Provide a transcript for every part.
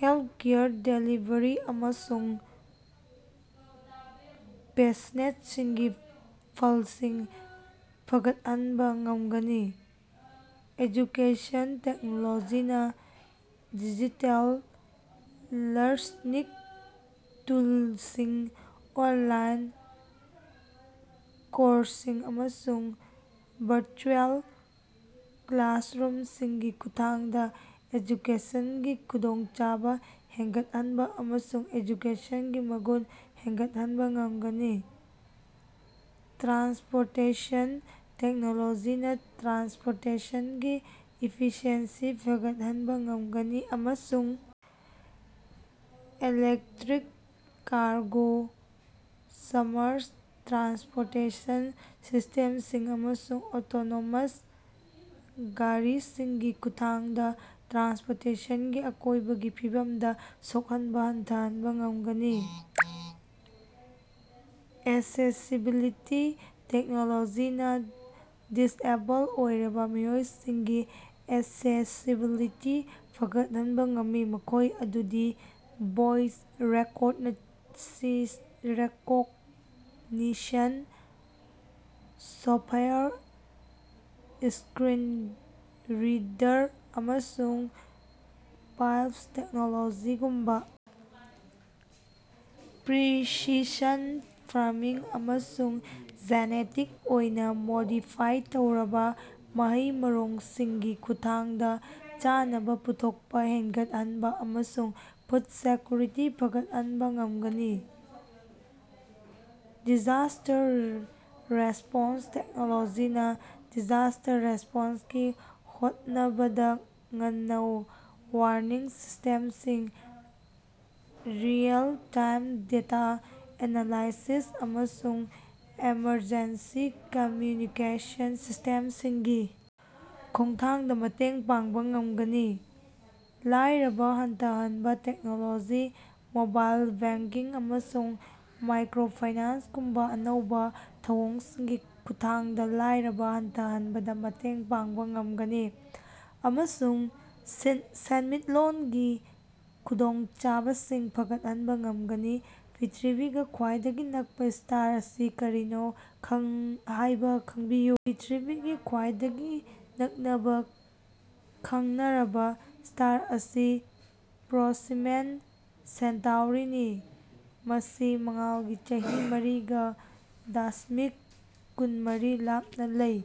Healthcare delivery ꯑꯃꯁꯨꯡ ꯄꯦꯁꯦꯟꯠꯁꯤꯡꯒꯤ ꯐꯜꯁꯤꯡ ꯐꯒꯠꯍꯟꯕ ꯉꯝꯒꯅꯤ꯫ ꯑꯦꯖꯨꯀꯦꯁꯟ: ꯇꯦꯛꯅꯣꯂꯣꯖꯤꯅ ꯗꯤꯖꯤꯇꯦꯜ ꯂꯔꯅꯤꯡ ꯇꯨꯜꯁꯤꯡ, ꯑꯣꯟꯂꯥꯏꯟ ꯀꯣꯔꯁꯁꯤꯡ, ꯑꯃꯁꯨꯡ ꯚꯔꯆꯨꯑꯦꯜ ꯀ꯭ꯂꯥꯁꯔꯨꯝꯁꯤꯡꯒꯤ ꯈꯨꯠꯊꯥꯡꯗ ꯑꯦꯖꯨꯀꯦꯁꯟꯒꯤ ꯈꯨꯗꯣꯡꯆꯥꯕ ꯍꯦꯟꯒꯠꯍꯟꯕ ꯑꯃꯁꯨꯡ ꯑꯦꯖꯨꯀꯦꯁꯟꯒꯤ ꯃꯒꯨꯟ ꯍꯦꯟꯒꯠꯍꯟꯕꯥ ꯉꯃꯒꯅꯤ꯫ ꯇ꯭ꯔꯥꯟꯁꯄꯣꯔꯇꯦꯁꯟ: ꯇꯦꯛꯅꯣꯂꯣꯖꯤꯅꯥ ꯇ꯭ꯔꯥꯟꯁꯄꯣꯔꯇꯦꯁꯅꯒꯤ ꯏꯐꯤꯁꯤꯑꯦꯟꯁꯤ ꯐꯒꯠꯍꯅꯕꯥ ꯉꯝꯒꯅꯤ ꯑꯃꯁꯨꯡ ꯏꯂꯦꯛꯇꯔꯤꯛ ꯀꯥꯔꯒꯣ, ꯁ꯭ꯃꯥꯔꯠ ꯇ꯭ꯔꯥꯟꯁꯄꯣꯔꯇꯦꯁꯟ ꯁꯤꯁ꯭ꯇꯦꯃꯁꯤꯡ, ꯑꯃꯁꯨꯡ ꯑꯣꯇꯣꯅꯣꯃꯁ ꯒꯥꯔꯤꯁꯤꯡꯒꯤ ꯈꯨꯠꯊꯥꯡꯗ ꯇ꯭ꯔꯥꯟꯁꯄꯣꯔꯇꯦꯁꯟꯒꯤ ꯑꯀꯣꯏꯕꯒꯤ ꯐꯤꯕꯝꯗ ꯁꯣꯛꯍꯟꯕ ꯍꯟꯊꯍꯟꯕ ꯉꯝꯒꯅꯤ꯫ ꯑꯦꯛꯁꯦꯁꯤꯕꯤꯂꯤꯇꯤ: ꯇꯦꯛꯅꯣꯂꯣꯖꯤꯅ ꯗꯤꯁꯑꯦꯕꯜ ꯑꯣꯏꯔꯕ ꯃꯤꯑꯣꯏꯁꯤꯡꯒꯤ ꯑꯦꯛꯁꯦꯁꯤꯕꯤꯂꯤꯇꯤ ꯐꯒꯠꯍꯟꯕ ꯉꯝꯃꯤ, ꯃꯈꯣꯏ ꯑꯗꯨꯗꯤ voice recognition software, screen reader, ꯑꯃꯁꯨꯡ ꯕ꯭ꯔꯦꯏꯜ ꯇꯦꯛꯅꯣꯂꯣꯖꯤꯒꯨꯝꯕ ꯄ꯭ꯔꯤꯁꯤꯁꯟ ꯐꯥꯔꯃꯤꯡ ꯑꯃꯁꯨꯡ ꯖꯤꯅꯦꯇꯤꯛ ꯑꯣꯏꯅ ꯃꯣꯗꯤꯐꯥꯏꯗ ꯇꯧꯔꯕ ꯃꯍꯩ-ꯃꯔꯣꯡꯁꯤꯡꯒꯤ ꯈꯨꯠꯊꯥꯡꯗ ꯆꯥꯅꯕ ꯄꯨꯊꯣꯛꯄ ꯍꯦꯟꯒꯠꯍꯟꯕ ꯑꯃꯁꯨꯡ ꯐꯨꯗ ꯁꯦꯀ꯭ꯌꯨꯔꯤꯇꯤ ꯐꯒꯠꯍꯟꯕ ꯉꯝꯒꯅꯤ꯫ ꯗꯤꯖꯥꯁ꯭ꯇꯔ ꯔꯦꯁ꯭ꯄꯣꯟꯁ: ꯇꯦꯛꯅꯣꯂꯣꯖꯤꯅ ꯗꯤꯖꯥꯁ꯭ꯇꯔ ꯔꯦꯁ꯭ꯄꯣꯟꯁꯀꯤ ꯍꯣꯠꯅꯕꯗꯥ ꯉꯟꯅꯥ ꯋꯥꯔꯅꯤꯡ ꯁꯤꯁ꯭ꯇꯦꯃꯁꯤꯡ, ꯔꯤꯑꯦꯜ-ꯇꯥꯏꯝ ꯗꯦꯇꯥ ꯑꯦꯅꯥꯂꯥꯏꯁꯤꯁ, ꯑꯃꯁꯨꯡ ꯑꯦꯃꯔꯖꯦꯟꯁꯤ ꯀꯝꯃ꯭ꯌꯨꯅꯤꯀꯦꯁꯟ ꯁꯤꯁ꯭ꯇꯦꯝꯁꯤꯡꯒꯤ ꯈ‌ꯣꯡꯊꯥꯡꯗ ꯃꯇꯦꯡ ꯄꯥꯡꯕ ꯉꯝꯒꯅꯤ꯫ ꯂꯥꯏꯔꯕ ꯍꯟꯊꯍꯟꯕ: ꯇꯦꯛꯅꯣꯂꯣꯖꯤꯅ ꯃꯣꯕꯥꯏꯜ ꯕꯦꯡꯀꯤꯡ ꯑꯃꯁꯨꯡ ꯃꯥꯏꯀ꯭ꯔꯣ ꯐꯥꯏꯅꯥꯟꯁꯒꯨꯝꯕ ꯑꯅꯧꯕ ꯊꯧꯑꯣꯡꯁꯤꯡꯒꯤ ꯈꯨꯠꯊꯥꯡꯗ ꯂꯥꯏꯔꯕ ꯍꯟꯊꯍꯟꯕꯗ ꯃꯇꯦꯡ ꯄꯥꯡꯕ ꯉꯝꯒꯅꯤ ꯑꯃꯁꯨꯡ ꯁꯦꯟꯃꯤꯠꯂꯣꯟꯒꯤ ꯈꯨꯗꯣꯡꯆꯥꯕꯁꯤꯡ ꯐꯒꯠꯍꯟꯕ ꯉꯝꯒꯅꯤ꯫ ꯄ꯭ꯔꯤꯊꯤꯕꯤꯒ ꯈ꯭ꯋꯥꯏꯗꯒꯤ ꯅꯛꯄ ꯁ꯭ꯇꯥꯔ ꯑꯁꯤ ꯀꯔꯤꯅꯣ ꯍꯥꯏꯕ ꯈꯪꯕꯤꯌꯨ꯫ ꯄ꯭ꯔꯤꯊꯤꯕꯤꯒ ꯈ꯭ꯋꯥꯏꯗꯒꯤ ꯅꯛꯅꯕ ꯈꯪꯅꯔꯕ ꯁ꯭ꯇꯥꯔ ꯑꯁꯤ ꯄ꯭ꯔꯣꯛꯁꯤꯃꯥ ꯁꯦꯟꯇꯥꯎꯔꯤꯅꯤ, ꯃꯁꯤ ꯃꯉꯥꯜꯒꯤ ꯆꯍꯤ ꯃꯔꯤꯒ ꯗꯁꯃꯤꯛ ꯀꯨꯝꯃꯔꯤ ꯂꯥꯞꯅ ꯂꯩ꯫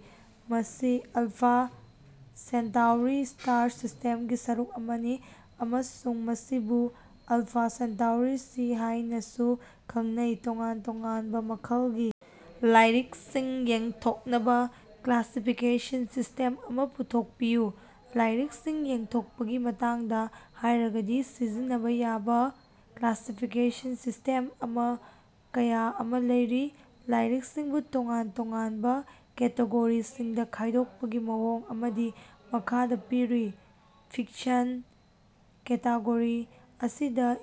ꯃꯁꯤ ꯑꯜꯐꯥ ꯁꯦꯟꯇꯥꯎꯔꯤ ꯁ꯭ꯇꯥꯔ ꯁꯤꯁ꯭ꯇꯦꯝꯒꯤ ꯁꯔꯨꯛ ꯑꯃꯅꯤ, ꯑꯃꯁꯨꯡ ꯃꯁꯤꯕꯨ ꯑꯜꯐꯥ ꯁꯦꯟꯇꯥꯎꯔꯤ ꯁꯤ ꯍꯥꯏꯅꯁꯨ ꯈꯪꯅꯩ꯫ ꯇꯣꯉꯥꯟ ꯇꯣꯉꯥꯟꯕ ꯃꯈꯜꯒꯤ ꯂꯥꯏꯔꯤꯛꯁꯤꯡ ꯌꯦꯟꯊꯣꯛꯅꯕ ꯀ꯭ꯂꯥꯁꯤꯐꯤꯀꯦꯁꯟ ꯁꯤꯁ꯭ꯇꯦꯝ ꯑꯃ ꯄꯨꯊꯣꯛꯄꯤꯌꯨ꯫ ꯂꯥꯏꯔꯤꯛꯁꯤꯡ ꯌꯦꯟꯊꯣꯛꯄꯒꯤ ꯃꯇꯥꯡꯗ ꯍꯥꯏꯔꯒꯗꯤ ꯁꯤꯖꯤꯟꯅꯕ ꯌꯥꯕ ꯀ꯭ꯂꯥꯁꯤꯐꯤꯀꯦꯁꯟ ꯁꯤꯁ꯭ꯇꯦꯝ ꯀꯌꯥ ꯑꯃ ꯂꯩꯔꯤ꯫ ꯂꯥꯏꯔꯤꯛꯁꯤꯡꯕꯨ ꯇꯣꯉꯥꯟ ꯇꯣꯉꯥꯟꯕ ꯀꯦꯇꯦꯒꯣꯔꯤꯁꯤꯡꯗ ꯈꯥꯏꯗꯣꯛꯄꯒꯤ ꯃꯑꯣꯡ ꯑꯃꯗꯤ ꯃꯈꯥꯗ ꯄꯤꯔꯤ꯫ ꯐꯤꯛꯁꯟ: ꯀꯦꯇꯦꯒꯣꯔꯤ ꯑꯁꯤꯗ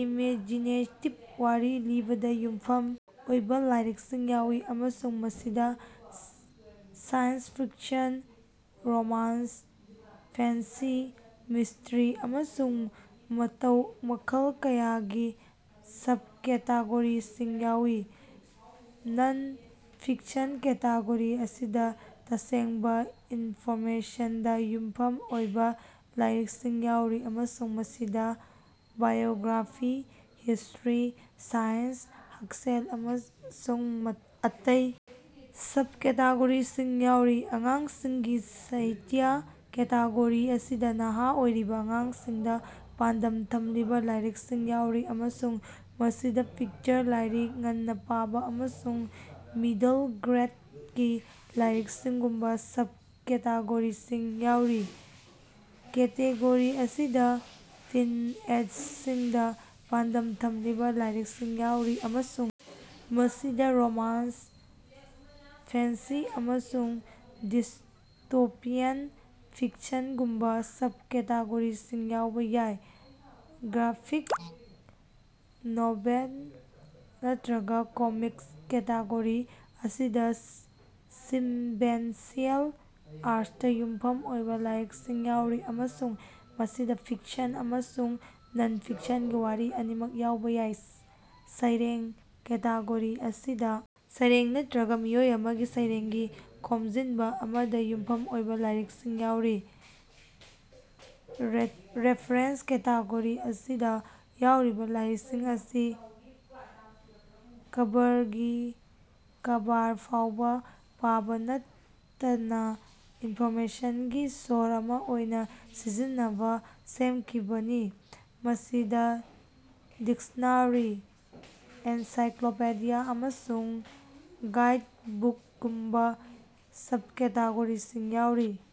ꯏꯃꯦꯖꯤꯅꯦꯇꯤꯕ ꯋꯥꯔꯤ ꯂꯤꯕꯗ ꯌꯨꯝꯐꯝ ꯑꯣꯏꯕ ꯂꯥꯏꯔꯤꯛꯁꯤꯡ ꯌꯥꯎꯏ ꯑꯃꯁꯨꯡ ꯃꯁꯤꯗ science fiction, romance, fantasy, mystery, ꯑꯃꯁꯨꯡ ꯑꯇꯩ ꯃꯈꯜ ꯀꯌꯥꯒꯤ ꯁꯕꯀꯦꯇꯦꯒꯣꯔꯤꯁꯤꯡ ꯌꯥꯎꯏ꯫ ꯅꯟ-ꯐꯤꯛꯁꯟ: ꯀꯦꯇꯦꯒꯣꯔꯤ ꯑꯁꯤꯗ ꯇꯁꯦꯡꯕ ꯏꯟꯐꯣꯔꯃꯦꯁꯟꯗ ꯌꯨꯝꯐꯝ ꯑꯣꯏꯕ ꯂꯥꯏꯔꯤꯛꯁꯤꯡ ꯌꯥꯎꯔꯤ ꯑꯃꯁꯨꯡ ꯃꯁꯤꯗ ꯕꯥꯏꯑꯣꯒ꯭ꯔꯥꯐꯤ, ꯍꯤꯁ꯭ꯇꯔꯤ, ꯁꯥꯏꯟꯁ, ꯍꯛꯁꯦꯜ, ꯑꯃꯁꯨꯡ ꯑꯇꯩ ꯁꯕꯀꯦꯇꯦꯒꯣꯔꯤꯁꯤꯡ ꯌꯥꯎꯔꯤ꯫ ꯑꯉꯥꯡꯁꯤꯡꯒꯤ ꯁꯥꯍꯤꯇ꯭ꯌ: ꯀꯦꯇꯦꯒꯣꯔꯤ ꯑꯁꯤꯗ ꯅꯍꯥ ꯑꯣꯏꯔꯤꯕ ꯑꯉꯥꯡꯁꯤꯡꯗ ꯄꯥꯟꯗꯝ ꯊꯝꯂꯤꯕ ꯂꯥꯏꯔꯤꯛꯁꯤꯡ ꯌꯥꯎꯔꯤ ꯑꯃꯁꯨꯡ ꯃꯁꯤꯗ ꯄꯤꯛꯆꯔ ꯂꯥꯏꯔꯤꯛ, ꯉꯟꯅ ꯄꯥꯕ, ꯑꯃꯁꯨꯡ ꯃꯤꯗꯜ ꯒ꯭ꯔꯦꯗꯀꯤ ꯂꯥꯏꯔꯤꯛꯁꯤꯡꯒꯨꯝꯕ ꯁꯕꯀꯦꯇꯦꯒꯣꯔꯤꯁꯤꯡ ꯌꯥꯑꯣꯔꯤ꯫ ꯀꯦꯇꯦꯒꯣꯔꯤ ꯑꯁꯤꯗ ꯇꯤꯟꯑꯦꯖꯔꯁꯤꯡꯗ ꯄꯥꯟꯗꯝ ꯊꯝꯂꯤꯕ ꯂꯥꯏꯔꯤꯛꯁꯤꯡ ꯌꯥꯎꯔꯤ ꯑꯃꯁꯨꯡ ꯃꯁꯤꯗ ꯔꯣꯃꯥꯟꯁ, ꯐꯦꯟꯁꯤ, ꯑꯃꯁꯨꯡ ꯗꯤꯁꯇꯣꯄꯤꯌꯥꯟ ꯐꯤꯛꯁꯟꯒꯨꯝꯕ ꯁꯕꯀꯦꯇꯦꯒꯣꯔꯤꯁꯤꯡ ꯌꯥꯎꯕ ꯌꯥꯏ꯫ ꯒ꯭ꯔꯥꯐꯤꯛ ꯅꯣꯚꯦꯜ ꯅꯠꯇ꯭ꯔꯒ ꯀꯣꯃꯤꯛꯁ: ꯀꯦꯇꯦꯒꯣꯔꯤ ꯑꯁꯤꯗ ꯁꯤꯛꯕꯦꯟꯁꯤꯑꯦꯜ ꯑꯥꯔꯠꯇ ꯌꯨꯝꯐꯝ ꯑꯣꯏꯕ ꯂꯥꯏꯔꯤꯛꯁꯤꯡ ꯌꯥꯎꯔꯤ ꯑꯃꯁꯨꯡ ꯃꯁꯤꯗ ꯐꯤꯛꯁꯟ ꯑꯃꯁꯨꯡ ꯅꯟ-ꯐꯤꯛꯁꯟꯒꯤ ꯋꯥꯔꯤ ꯑꯅꯤꯃꯛ ꯌꯥꯎꯕ ꯌꯥꯏ꯫ ꯁꯩꯔꯦꯡ: ꯀꯦꯇꯦꯒꯣꯔꯤ ꯑꯁꯤꯗ ꯁꯩꯔꯦꯡ ꯅꯠꯇ꯭ꯔꯒ ꯃꯤꯑꯣꯏ ꯑꯃꯒꯤ ꯁꯩꯔꯦꯡꯒꯤ ꯈꯣꯝꯖꯤꯟꯕ ꯑꯃꯗ ꯌꯨꯝꯐꯝ ꯑꯣꯏꯕ ꯂꯥꯏꯔꯤꯛꯁꯤꯡ ꯌꯥꯎꯔꯤ꯫ ꯔꯦꯐꯔꯦꯟꯁ: ꯀꯦꯇꯦꯒꯣꯔꯤ ꯑꯁꯤꯗ ꯌꯥꯎꯔꯤꯕ ꯂꯥꯏꯔꯤꯛꯁꯤꯡ ꯑꯁꯤ ꯀꯚꯔꯗꯒꯤ ꯀꯚꯔ ꯐꯥꯎꯕ ꯄꯥꯕ ꯅꯠꯇꯅ, ꯏꯟꯐꯣꯔꯃꯦꯁꯟꯒꯤ ꯁꯣꯔꯁ ꯑꯃ ꯑꯣꯏꯅ ꯁꯤꯖꯤꯟꯅꯕ ꯁꯦꯝꯈꯤꯕꯅꯤ꯫ ꯃꯁꯤꯗ ꯗꯤꯛꯁꯅꯥꯔꯤ, ꯑꯦꯟꯁꯥꯏꯀ꯭ꯂꯣꯄꯤꯗꯤꯌꯥ, ꯑꯃꯁꯨꯡ ꯒꯥꯏꯗꯕꯨꯛꯒꯨꯝꯕ ꯁꯕꯀꯦꯇꯦꯒꯣꯔꯤꯁꯤꯡ ꯌꯥꯎꯔꯤ꯫